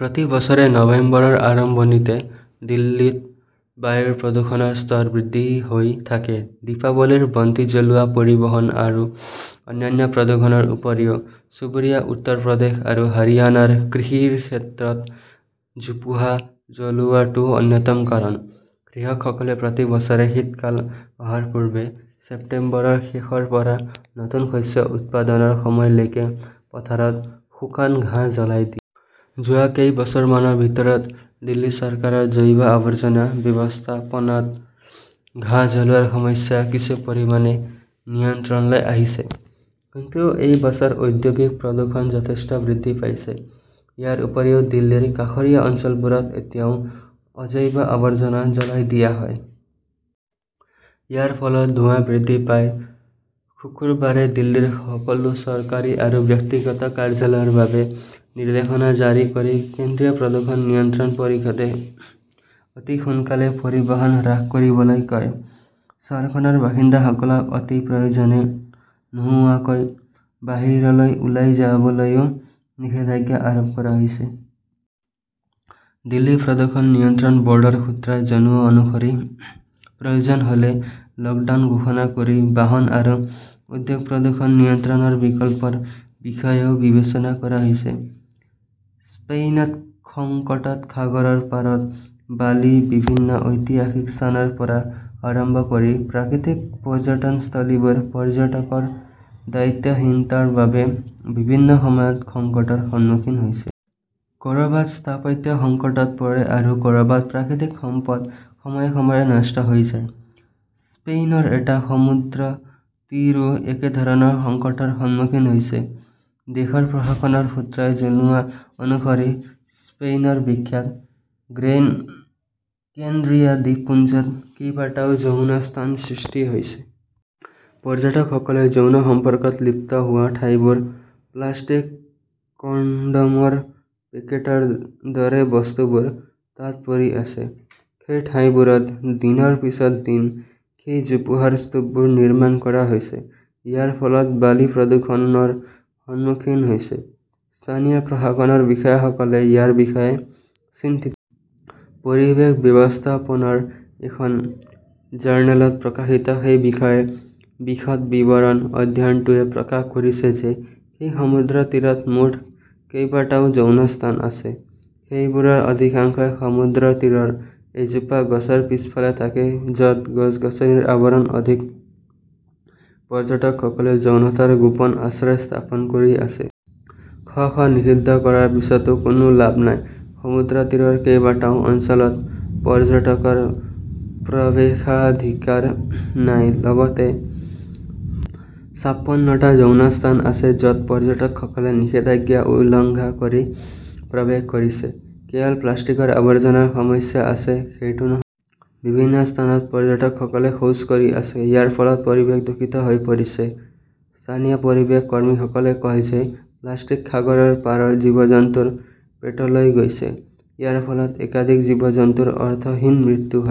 প্ৰতি বছৰে নৱেম্বৰৰ আৰম্ভণিতে দিল্লীৰ বায়ুৰ প্ৰদূষণৰ স্তৰ বৃদ্ধি হৈ থাকে। দীপাৱলীৰ বন্তি জ্বলোৱা, পৰিবহণ আৰু অন্যান্য প্ৰদূষণৰ উপৰিও চুবুৰীয়া উত্তৰ প্ৰদেশ আৰু হাৰিয়ানাৰ কৃষিক্ষেত্ৰত জোপোহা জ্বলোৱাটো অন্যতম কাৰণ। কৃষকসকলে প্ৰতি বছৰে শীতকাল অহাৰ পূৰ্বে ছেপ্টেম্বৰৰ শেষৰ পৰা নতুন শস্য উৎপাদনৰ সময়লৈকে পথাৰত শুকান ঘাঁহ জ্বলাই দিয়ে। যোৱা কেইবছৰমানৰ ভিতৰত দিল্লী চৰকাৰৰ জৈৱ আৱৰ্জনা ব্যৱস্থাপনাত ঘাঁহ জ্বলোৱাৰ সমস্যা কিছু পৰিমাণে নিয়ন্ত্ৰণলৈ আহিছে। কিন্তু এই বছৰ ঔদ্যোগিক প্ৰদূষণ যথেষ্ট বৃদ্ধি পাইছে। ইয়াৰ উপৰিও, দিল্লীৰ কাষৰীয়া অঞ্চলবোৰত এতিয়াও অজৈৱ আৱৰ্জনা জ্বলাই দিয়া হয়। ইয়াৰ ফলত ধোঁৱা বৃদ্ধি পায়। শুকুৰবাৰে দিল্লীৰ সকলো চৰকাৰী আৰু ব্যক্তিগত কাৰ্যালয়ৰ বাবে নিৰ্দেশনা জাৰি কৰি কেন্দ্ৰীয় প্ৰদূষণ নিয়ন্ত্ৰণ পৰিষদে অতি সোনকালে পৰিবহণ হ্ৰাস কৰিবলৈ কয়। চহৰখনৰ বাসিন্দাসকলক অতি প্ৰয়োজন নোহোৱাকৈ বাহিৰলৈ ওলাই যাবলৈও নিষেধাজ্ঞা আৰোপ কৰা হৈছে। দিল্লী প্ৰদূষণ নিয়ন্ত্ৰণ ব'ৰ্ডৰ সূত্ৰই জনোৱা অনুসৰি, প্ৰয়োজন হ'লে লকডাউন ঘোষণা কৰি বাহন আৰু উদ্যোগ-প্ৰদূষণ নিয়ন্ত্ৰণৰ বিকল্পৰ বিষয়েও বিবেচনা কৰা হৈছে। স্পেইনত সংকটত সাগৰৰ পাৰত বালি বিভিন্ন ঐতিহাসিক স্থানৰ পৰা আৰম্ভ কৰি প্ৰাকৃতিক পৰ্যটনস্থলীবোৰ পৰ্যটকৰ দায়িত্বহীনতাৰ বাবে বিভিন্ন সময়ত সংকটৰ সন্মুখীন হৈছে। ক'ৰবাত স্থাপত্য সংকটত পৰে, আৰু ক'ৰবাত প্ৰাকৃতিক সম্পদ সময়ে সময়ে নষ্ট হৈ যায়। স্পেইনৰ এটা সমুদ্ৰতীৰো একেধৰণৰ সংকটৰ সন্মুখীন হৈছে। দেশৰ প্ৰশাসনৰ সূত্ৰই জনোৱা অনুসৰি স্পেইনৰ বিখ্যাত গ্ৰেইন কেনৰিয়া দ্বীপপুঞ্জত কেইবাটাও যৌন স্থান সৃষ্টি হৈছে। পৰ্যটকসকলে যৌন সম্পৰ্কত লিপ্ত হোৱা ঠাইবোৰ, প্লাষ্টিক, কণ্ডমৰ পেকেটৰ দৰে বস্তুবোৰ তাত পৰি আছে। সেই ঠাইবোৰত দিনৰ পিছত দিন সেই জোপোহাৰ স্তূপবোৰ নিৰ্মাণ কৰা হৈছে। ইয়াৰ ফলত বালি প্ৰদূষণৰ সন্মুখীন হৈছে। স্থানীয় প্ৰশাসনৰ বিষয়াসকলে ইয়াৰ বিষয়ে চিন্তিত। পৰিৱেশ ব্যৱস্থাপনাৰ এখন জাৰ্নেলত প্ৰকাশিত এই বিষয়ে বিশদ বিৱৰণ। অধ্যয়নটোৱে প্ৰকাশ কৰিছে যে সেই সমুদ্ৰতীৰত মুঠ কেইবাটাও যৌন স্থান আছে। সেইবোৰৰ অধিকাংশই সমুদ্ৰতীৰৰ এজোপা গছৰ পিছফালে থাকে। য'ত গছ-গছনিৰ আৱৰণ অধিক, পৰ্যটকসকলে যৌনতাৰ গোপন আশ্ৰয় স্থাপন কৰি আছে। শ শ নিষিদ্ধ কৰাৰ পিছতো কোনো লাভ নাই। সমুদ্ৰতীৰৰ কেইবাটাও অঞ্চলত পৰ্যটকৰ প্ৰৱেশাধিকাৰ নাই, লগতে ছাপ্পনটা যৌন স্থান আছে য 'ত পৰ্যটকসকলে নিষেধাজ্ঞা উলংঘা কৰি প্ৰৱেশ কৰিছে। কেৱল প্লাষ্টিকৰ আৱৰ্জনাৰ সমস্যা আছে, সেইটো নহয়। বিভিন্ন স্থানত পৰ্যটকসকলে শৌচ কৰি আছে। ইয়াৰ ফলত পৰিৱেশ দূষিত হৈ পৰিছে। স্থানীয় পৰিৱেশ কৰ্মীসকলে কয় যে প্লাষ্টিক সাগৰৰ পাৰৰ জীৱ-জন্তুৰ পেটলৈ গৈছে। ইয়াৰ ফলত একাধিক জীৱ-জন্তুৰ অৰ্থহীন মৃত্যু হয়।